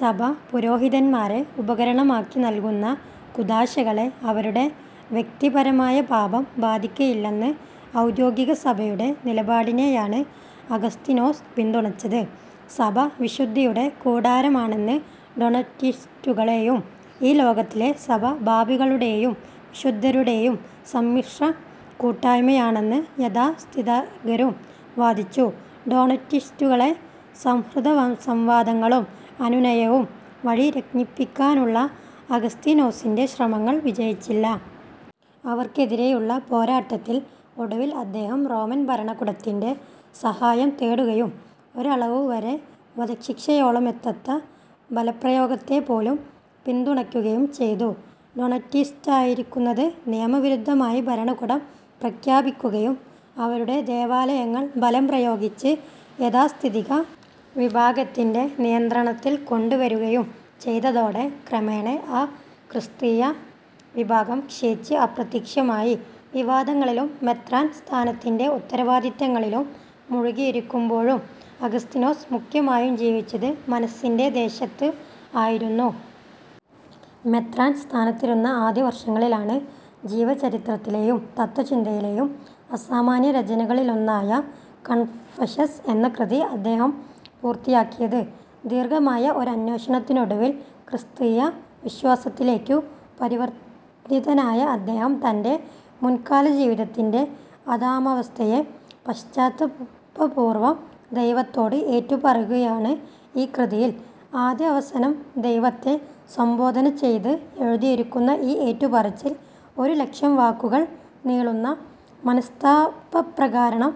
സഭ, പുരോഹിതന്മാരെ ഉപകരണമാക്കി നൽകുന്ന കൂദാശകളെ അവരുടെ വ്യക്തിപരമായ പാപം ബാധിക്കയില്ലെന്ന ഔദ്യോഗികസഭയുടെ നിലപാടിനെയാണ് അഗസ്തീനോസ് പിന്തുണച്ചത്. സഭ വിശുദ്ധിയുടെ കൂടാരമാണെന്ന് ഡൊണാറ്റിസ്റ്റുകളും, ഈ ലോകത്തിലെ സഭ പാപികളുടേയും വിശുദ്ധരുടേയും സമ്മിശ്ര കൂട്ടായ്മയാണെന്ന് യാഥാസ്ഥിതികരും വാദിച്ചു. ഡോണറ്റിസ്റ്റുകളെ സൗഹൃദസംവാദങ്ങളും അനുനയവും വഴി രഞ്ജിപ്പിക്കാനുള്ള അഗസ്തീനോസിന്റെ ശ്രമങ്ങൾ വിജയിച്ചില്ല. അവർക്കെതിരായുള്ള പോരാട്ടത്തിൽ ഒടുവിൽ അദ്ദേഹം റോമൻ ഭരണകൂടത്തിന്റെ സഹായം തേടുകയും, ഒരളവുവരെ വധശിക്ഷയോളമെത്താത്ത ബലപ്രയോഗത്തെപ്പോലും പിന്തുണയ്ക്കുകയും ചെയ്തു. ഡൊണാറ്റിസ്റ്റായിരിക്കുന്നത് നിയമവിരുദ്ധമായി ഭരണകൂടം പ്രഖ്യാപിക്കുകയും അവരുടെ ദേവാലയങ്ങൾ ബലം പ്രയോഗിച്ച് യാഥാസ്ഥിതിക വിഭാഗത്തിന്റെ നിയന്ത്രണത്തിൽ കൊണ്ടുവരുകയും ചെയ്തതോടെ ക്രമേണ ആ ക്രിസ്തീയ വിഭാഗം ക്ഷയിച്ച് അപ്രത്യക്ഷമായി. വിവാദങ്ങളിലും മെത്രാൻ സ്ഥാനത്തിന്റെ ഉത്തരവാദിത്തങ്ങളിലും മുഴുകിയിരിക്കുമ്പോഴും അഗസ്തീനോസ് മുഖ്യമായും ജീവിച്ചത് "മനസ്സിന്റെ ദേശത്ത്" ആയിരുന്നു. മെത്രാൻ സ്ഥാനത്തിരുന്ന ആദ്യവർഷങ്ങളിലാണ് ജീവചരിത്രത്തിലേയും തത്ത്വചിന്തയിലേയും അസാമാന്യരചനകളിലൊന്നായ കൺഫഷൻസ് എന്ന കൃതി അദ്ദേഹം പൂർത്തിയാക്കിയത്. ദീർഘമായ ഒരന്വേഷണത്തിനൊടുവിൽ ക്രിസ്തീയ വിശ്വാസത്തിലേയ്ക്കു പരിവർത്തിതനായ അദ്ദേഹം തന്റെ മുൻകാലജീവിതത്തിന്റെ "അധമാവസ്ഥയെ" പശ്ചാത്താപപൂർവം ദൈവത്തോട് ഏറ്റുപറയുകയാണ് ഈ കൃതിയിൽ. ആദ്യവസാനം ദൈവത്തെ സംബോധന ചെയ്ത് എഴുതിരിക്കുന്ന ഈ ഏറ്റുപറച്ചിൽ, ഒരു ലക്ഷം വാക്കുകൾ നീളുന്ന "മനസ്താപപ്രകരണം"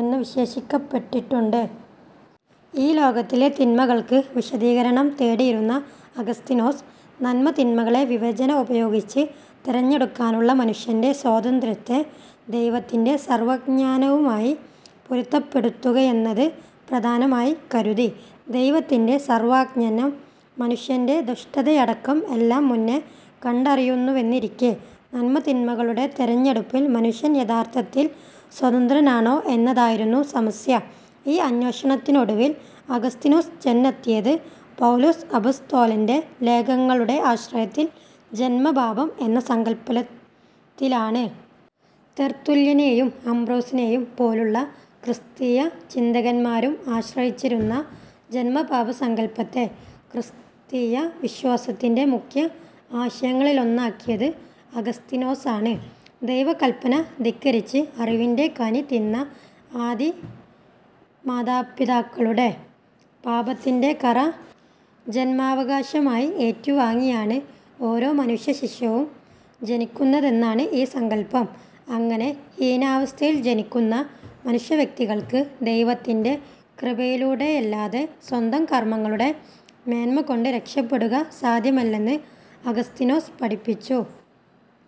എന്നു വിശേഷിപ്പിക്കപ്പെട്ടിട്ടുണ്ട്. ഈ ലോകത്തിലെ തിന്മകൾക്ക് വിശദീകരണം തേടിയിരുന്ന അഗസ്തീനോസ്, നന്മതിന്മകളെ വിവേചന ഉപയോഗിച്ച് തെരഞ്ഞെടുക്കാനുള്ള മനുഷ്യന്റെ സ്വാതന്ത്ര്യത്തെ ദൈവത്തിന്റെ സർവജ്ഞാനവുമായി പൊരുത്തപ്പെടുത്തുകയെന്നത് പ്രധാനമായി കരുതി. ദൈവത്തിന്റെ സർവജ്ഞാനം മനുഷ്യന്റെ ദുഷ്ടതയടക്കം എല്ലാം മുന്നേ കണ്ടറിയുന്നുവെന്നിരിക്കേ, നന്മ-തിന്മകളുടെ തെരഞ്ഞെടുപ്പിൽ മനുഷ്യൻ യഥാർത്ഥത്തിൽ സ്വതന്ത്രനാണോ എന്നതായിരുന്നു സമസ്യ. ഈ അന്വേഷണത്തിനൊടുവിൽ അഗസ്തീനോസ് ചെന്നെത്തിയത്, പൗലോസ് അപ്പസ്തോലന്റെ ലേഖങ്ങളുടെ ആശ്രയത്തിൽ, ജന്മപാപം എന്ന സങ്കല്പത്തിലാണ്. തെർത്തുല്യനേയും അംബ്രോസിനേയും പോലുള്ള ക്രിസ്തീയ ചിന്തകന്മാരും ആശ്രയിച്ചിരുന്ന ജന്മപാപസങ്കല്പത്തെ ക്രിസ്തീയ വിശ്വാസത്തിന്റെ മുഖ്യ ആശയങ്ങളിലൊന്നാക്കിയത് അഗസ്തീനോസാണ്. ദൈവകല്പന ധിക്കരിച്ച് അറിവിന്റെ കനി തിന്ന ആദിമാതാപിതാക്കളുടെ പാപത്തിന്റെ കറ ജന്മാവകാശമായി ഏറ്റുവാങ്ങിയാണ് ഓരോ മനുഷ്യശിശുവും ജനിക്കുന്നതെന്നാണ് ഈ സങ്കല്പം. അങ്ങനെ ഹീനാവസ്ഥയിൽ ജനിക്കുന്ന മനുഷ്യവ്യക്തികൾക്ക് ദൈവത്തിന്റെ കൃപയിലൂടെയല്ലാതെ സ്വന്തം കർമ്മങ്ങളുടെ മേന്മകൊണ്ട് രക്ഷപെടുക സാധ്യമല്ലെന്ന് അഗസ്തീനോസ് പഠിപ്പിച്ചു.